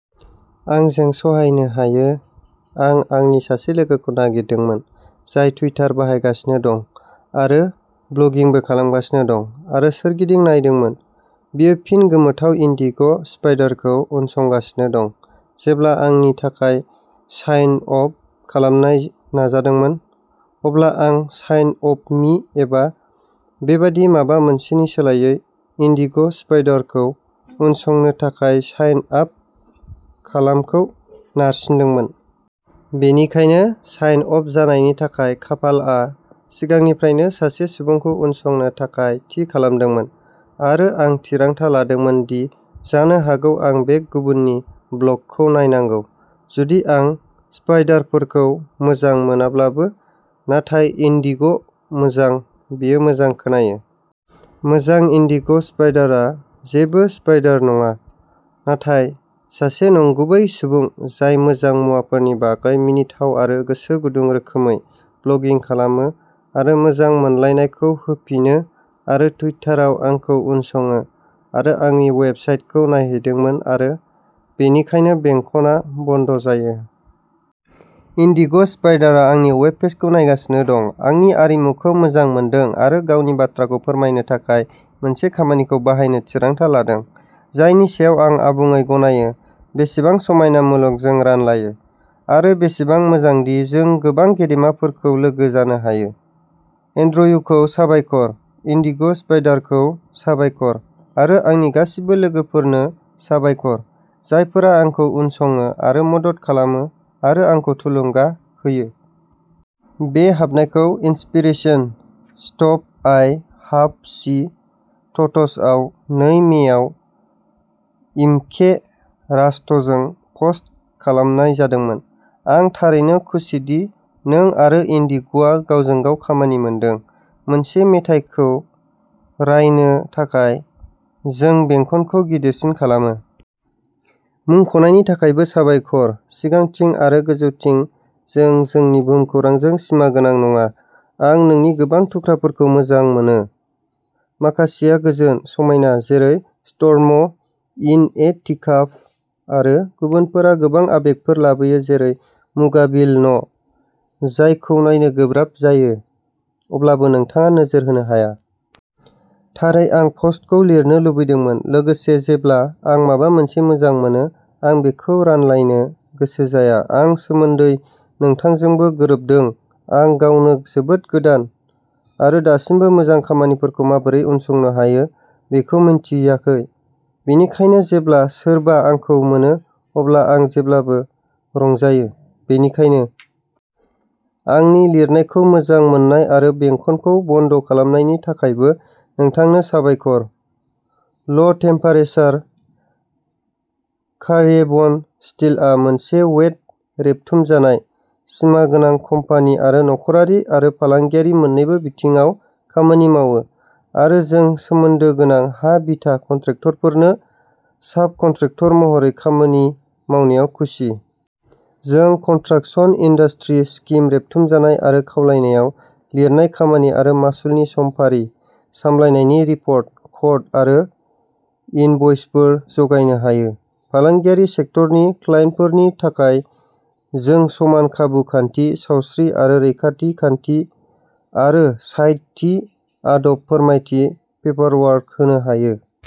आंजों सहायनो हायो, आं आंनि सासे लोगोखौ नागिरदोंमोन, जाय टुइटार बाहायगासिनो दं आरो ब्लगिंबो खालामगासिनो दं आरो सोरगिदिं नायदोंमोन बियो फिन गोमोथाव इन्डिग' स्पाइडरखौ उनसंगासिनो दं। जेब्ला आंनि थाखाय साइन आप खालामनो नाजादोंमोन, अब्ला आं "साइन आप मि" एबा बेबादि माबा मोनसेनि सोलायै "इन्डिग'स्पाइडरखौ उनसंनो थाखाय साइन आप खालामखौ नारसिनदोंमोन। बेनिखायनो, साइन आप जानायनि थाखाय, खाफालआ सिगांनिफ्रायनो सासे सुबुंखौ उनसंनो थाखाय थि खालामदोंमोन आरो आं थिरांथा लादोंमोन दि जानो हागौ आं बे गुबुननि ब्लगखौ नायनांगौ जुदि आं स्पाइडरफोरखौ मोजां मोनाब्लाबो, नाथाय इन्डिग' मोजां, बेयो मोजां खोनायो। मोजां, इन्डिग'स्पाइडरआ जेबो स्पाइडर नङा, नाथाय सासे नंगुबै सुबुं जाय मोजां मुवाफोरनि बागै मिनिथाव आरो गोसो गुदुं रोखोमै ब्लगिं खालामो आरो मोजां मोनलायनायखौ होफिनो आरो टुइटाराव आंखौ उनसङो आरो आंनि वेबसाइटखौ नायहैदोंमोन आरो बेनिखायनो बेंखनआ बन्द जायो। इन्डिग'स्पाइडारआ आंनि वेबपेजखौ नायगासिनो दं, आंनि आरिमुखौ मोजां मोनदों आरो गावनि बाथ्राखौ फोरमायनो थाखाय मोनसे खामानिखौ बाहायनो थिरांथा लादों, जायनि सायाव आं आबुङै गनायो। बेसेबां समायना मुलुग जों रानलायो आरो बेसेबां मोजांदि जों गोबां गेदेमाफोरजों लोगो जानो हायो, एन्ड्र्युखौ साबायखर, इन्डिग'स्पाइडारखौ साबायखर आरो आंनि गासिबो लोगोफोरनो साबायखर, जायफोरा आंखौ उनसङो आरो मदद खालामो आरो आंखौ थुलुंगा होयो। बे हाबनायखौ inspiration, stuff I have see, थट्सआव नै मेआव इमके रास्टजों पस्ट खालामनाय जादोंमोन। आं थारैनो खुसिदि नों आरो इन्डिग'आ गावजों गाव खामानि मोनदों। मोनसे मेथाइखौ रायनो थाखाय जों बेंखनखौ गिदिरसिन खालामो। मुंख'नायनि थाखायबो साबायखर। सिगांथिं आरो गोजौथिं जों जोंनि भुमखौरांजों सिमागोनां नङा आं नोंनि गोबां थुख्राफोरखौ मोजां मोनो। माखासेया गोजोन, समायना, जेरै "स्टर्म इन ए टिकाप" आरो गुबुनफोरा गोबां आबेगफोर लाबोयो जेरै "मुगाबिल'न" जायखौ नायनो गोब्राब जायो, अब्लाबो नोंथाङा नोजोर होनो हाया। थारै आं प'स्टखौ लिरनो लुबैदोंमोन। लोगोसे, जेब्ला आं माबा मोनसे मोजां मोनो, आं बेखौ रानलायनो गोसो जाया आं सोमोन्दै नोंथांजोंबो गोरोबदों। आं गावनो जोबोद गोदान आरो दासिमबो मोजां मानसिफोरखौ माबोरै उनसंनो हायो बेखौ मिन्थियाखै, बेनिखायनो जेब्ला सोरबा आंखौ मोनो अब्ला आं जेब्लाबो रंजायो। बेनिखायनो, आंनि लिरनायखौ मोजां मोन्नाय आरो बेंखनखौ बन्द खालामनायनि थाखायबो नोंथांनो साबायखर। ल ' टेमपेरासार कार्एबन स्टिलआ मोनसे वेट रेबथुमजानाय, सिमा गोनां कम्पानि आरो नखरारि आरो फालांगियारि मोन्नैबो बिथिङाव खामानि मावो आरो जों सोमोन्दो गोनां हा-बिथा कन्ट्रेक्टरफोरनो साबकन्ट्रेक्टर महरै खामानि मावनायाव खुसि। जों कन्ट्राकसन इन्डास्ट्रि स्किम रेबथुमजानाय आरो खावलायनायाव लिरनाय खामानि आरो मासुलनि समफारि, सामलायनायनि रिपर्ट, कोट आरो इनभ'इसफोर जगायनो हायो। फालांगियारि सेक्टरनि क्लाइन्टफोरनि थाखाय जों समान खाबु खान्थि, सावस्रि आरो रैखाथि खान्थि आरो साइट थि आदब फोरमायथि पेपारवर्क होनो हायो।